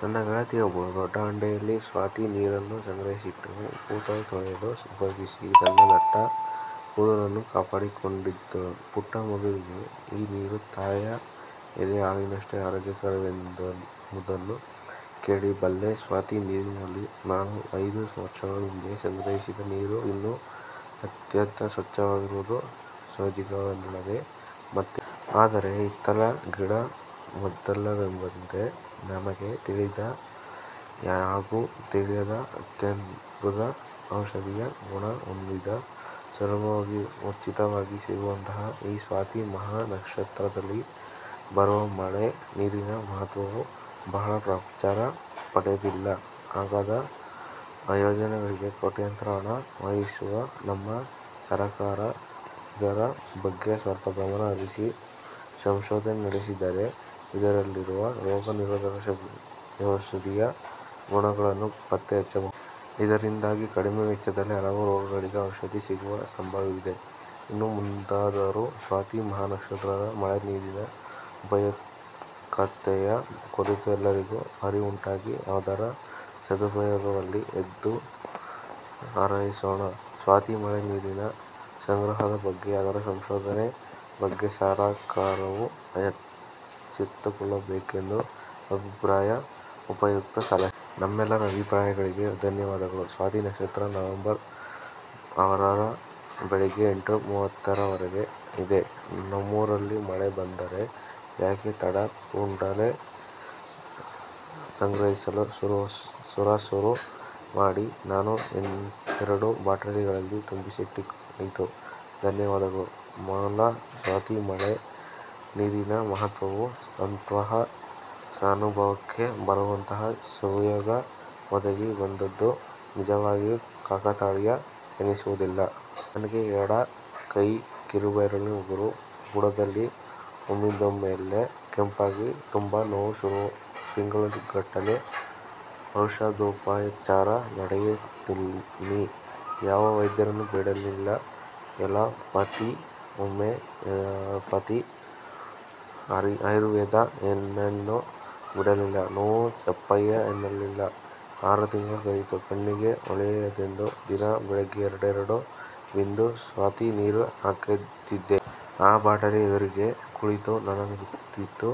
ನನ್ನ ಗೆಳತಿಯೊಬ್ಬಳು ದೊಡ್ಡ ಹಂಡೆಯಲ್ಲಿ ಸ್ವಾತಿ ನೀರನ್ನು ಸಂಗ್ರಹಿಸಿಟ್ಟು ಕೂದಲು ತೊಳೆಯಲು ಉಪಯೋಗಿಸಿ, ತನ್ನ ದಟ್ಟ ಕೂದಲನ್ನು ಕಾಪಾಡಿಕೊಂಡಿದ್ದಳು. ಪುಟ್ಟ ಮಗುವಿಗೆ ಈ ನೀರು ತಾಯ ಎದೆ ಹಾಲಿನಷ್ಟೇ ಆರೋಗ್ಯಕರವೆಂಬುದನ್ನು ಕೇಳಿ ಬಲ್ಲೆ. ಸ್ವಾತಿ ನೀರಿನಲ್ಲಿ ನಾನು ಐದು ವರ್ಷಗಳ ಹಿಂದೆ ಸಂಗ್ರಹಿಸಿದ ನೀರು ಇನ್ನೂ ಅತ್ಯಂತ ಸ್ವಚ್ಚವಾಗಿರುವುದು ಸೋಜಿಗವಲ್ಲದೆ ಮತ್ತೇನು? ಆದರೆ, ಹಿತ್ತಲ ಗಿಡ ಮದ್ದಲ್ಲವೆಂಬಂತೆ, ನಮಗೆ ತಿಳಿದ ಹಾಗೂ ತಿಳಿಯದ ಅತ್ಯದ್ಭುತ ಔಷಧೀಯ ಗುಣ ಹೊಂದಿದ, ಸುಲಭವಾಗಿ, ಉಚಿತವಾಗಿ ಸಿಗುವಂತಹ ಈ ಸ್ವಾತಿ ಮಹಾನಕ್ಷತ್ರದಲ್ಲಿ ಬರುವ ಮಳೆ ನೀರಿನ ಮಹತ್ವವು ಬಹಳ ಪ್ರಚಾರ ಪಡೆದಿಲ್ಲ. ಅಗ್ಗದ ಯೋಜನೆಗಳಿಗೆ ಕೋಟ್ಯಂತರ ಹಣ ವ್ಯಯಿಸುವ ನಮ್ಮ ಸರಕಾರ ಇದರ ಬಗ್ಗೆ ಸ್ವಲ್ಪ ಗಮನ ಹರಿಸಿ ಸಂಶೋಧನೆ ನಡೆಸಿದರೆ ಇದರಲ್ಲಿರುವ ರೋಗ ನಿರೋಧಕ ಔಷಧೀಯ ಗುಣಗಳನ್ನು ಪತ್ತೆ ಹಚ್ಚಬಹುದು. ಇದರಿಂದಾಗಿ ಕಡಿಮೆ ವೆಚ್ಚದಲ್ಲಿ ಹಲವು ರೋಗಗಳಿಗೆ ಔಷಧಿ ಸಿಗುವ ಸಂಭವವಿದೆ. ಇನ್ನು ಮುಂದಾದರೂ ಸ್ವಾತಿ ಮಹಾನಕ್ಷತ್ರದ ಮಳೆ ನೀರಿನ ಉಪಯುಕ್ತತೆಯ ಕುರಿತು ಎಲ್ಲರಿಗೂ ಅರಿವುಂಟಾಗಿ ಅದರ ಸದುಪಯೋಗವಾಗಲಿ ಎಂದು ಹಾರೈಸೋಣ. ಸ್ವಾತಿ ಮಳೆ ನೀರಿನ ಸಂಗ್ರಹದ ಬಗ್ಗೆ, ಅದರ ಸಂಶೋಧನೆ ಬಗ್ಗೆ, ಸರಕಾರವೂ ಎಚ್ಚೆತ್ತುಕೊಳ್ಳಬೇಕೆಂಬ ಅಭಿಪ್ರಾಯ ಉಪಯುಕ್ತ ಸಲಹೆ. ನಿಮ್ಮೆಲ್ಲರ ಅಭಿಪ್ರಾಯಗಳಿಗೆ ಧನ್ಯವಾದಗಳು ಸ್ವಾತಿ ನಕ್ಷತ್ರ ನವಂಬರ ಆರರ ಬೆಳಿಗ್ಗೆ ಎಂಟು ಮೂವತ್ತರವರೆಗೆ ಇದೆ. ನಿಮ್ಮೂರಲ್ಲಿ ಮಳೆ ಬಂದರೆ ಯಾಕೆ ತಡ ಕೂಡಲೇ ಸಂಗ್ರಹಿಸಲು ಸುರಶುರು ಮಾಡಿ. ನಾನು ಎರಡು ಬಾಟಲಿಗಳಲ್ಲಿ ತುಂಬಿಸಿಟ್ಟಾಯಿತು. ಧನ್ಯವಾದಗಳು ಮಾಲಾ ಸ್ವಾತಿ ಮಳೆ ನೀರಿನ ಮಹತ್ವವು ಸ್ವತಹ ಅನುಭವಕ್ಕೆ ಬರುವಂತಹ ಸುಯೋಗ ಒದಗಿ ಬಂದುದು ನಿಜವಾಗಿಯೂ ಕಾಕತಾಳೀಯ ಎನ್ನಿಸುವುದಿಲ್ಲ,. ನನಗೆ ಎಡ ಕೈಯ ಕಿರುಬೆರಳಿನ ಉಗುರ ಬುಡದಲ್ಲಿ ಒಮ್ಮಿಂದೊಮ್ಮೆಲೆ ಕೆಂಪಾಗಿ ತುಂಬಾ ನೋವು ಸುರು. ತಿಂಗಳುಗಟ್ಟಲೆ ಔಷಧೋಪಚಾರ ನಡೆಯಿತೆನ್ನಿ. ಯಾವ ವೈದ್ಯರನ್ನೂ ಬಿಡಲಿಲ್ಲ. ಎಲೊಪತಿ, ಹೊಮಿಯೊಪತಿ, ಆಯುರ್ವೇದ ಏನನ್ನೂ ಬಿಡಲಿಲ್ಲ ನೋವು ಜಪ್ಪಯ್ಯ ಅನ್ನಲಿಲ್ಲ. ಆರು ತಿಂಗಳು ಕಳೆಯಿತು. ಕಣ್ಣಿಗೆ, ಒಳ್ಳೆಯದೆಂದು ದಿನಾ ಬೆಳೆಗ್ಗೆ ಎರಡೆರಡು ಬಿಂದು ಸ್ವಾತಿ ನೀರು ಹಾಕುತ್ತಿದ್ದೆ. ಆ ಬಾಟಲಿ ಎದುರಿಗೇ ಕುಳಿತು ನಗುತ್ತಿತ್ತು.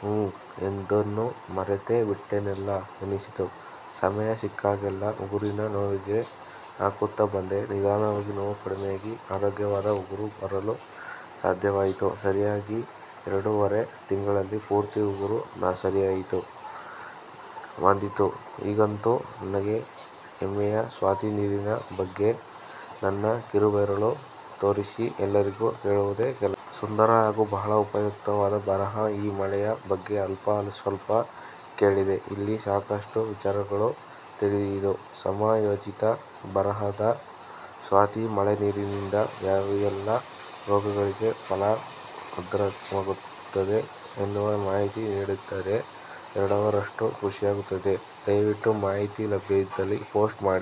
ಹಾಂ, ಇದನ್ನು ಮರೆತೇ ಬಿಟ್ಟೆನಲ್ಲ ಎನಿಸಿತು. ಸಮಯ ಸಿಕ್ಕಾಗೆಲ್ಲಾ ಉಗುರಿನ ನೋವಿಗೆ ಹಾಕುತ್ತಾ ಬಂದೆ. ನಿಧಾನವಾಗಿ ನೋವು ಕಡಿಮೆಯಾಗಿ, ಆರೋಗ್ಯವಾದ ಉಗುರು ಬರಲು ಪ್ರಾರಂಭವಾಯಿತು. ಸರಿಯಾಗಿ ಎರಡೂವರೆ ತಿಂಗಳಲ್ಲಿ ಪೂರ್ತಿ ಉಗುರು ಸರಿಯಾಗಿ ಬಂದಿತ್ತು. ಈಗಂತೂ ನನಗೆ, ಹೆಮ್ಮೆಯ ಸ್ವಾತಿ ನೀರಿನ ಬಗ್ಗೆ, ನನ್ನ ಕಿರು ಬೆರಳು ತೋರಿಸಿ ಎಲ್ಲರಿಗೂ ಹೇಳುವುದೇ ಕೆಲಸ. ಸುಂದರ ಹಾಗು ಬಹಳ ಉಪಯುಕ್ತವಾದ ಬರಹ. ಈ ಮಳೆಯ ಬಗ್ಗೆ ಅಲ್ಪ ಸ್ವಲ್ಪ ಕೇಳಿದ್ದೆ, ಇಲ್ಲಿ ಸಾಕಷ್ಟು ವಿಚಾರಗಳು ತಿಳಿಯಿತು. ಸಮಯೋಚಿತ ಬರಹ. ಸ್ವಾತಿ ಮಳೆ ನೀರಿನಿಂದ ಯಾವೆಲ್ಲಾ ರೋಗಗಳಿಗೆ ಫಲಪ್ರದವಾಗುತ್ತೆ ಎನ್ನುವ ಮಾಹಿತಿ ನೀಡಿದ್ದರೆ ಎರಡರಷ್ಟು ಖುಷಿಯಾಗುತ್ತಿತ್ತು. ದಯವಿಟ್ಟು ಮಾಹಿತಿ ಲಭ್ಯವಿದ್ದರೆ ಪೋಸ್ಟ್ ಮಾಡಿ.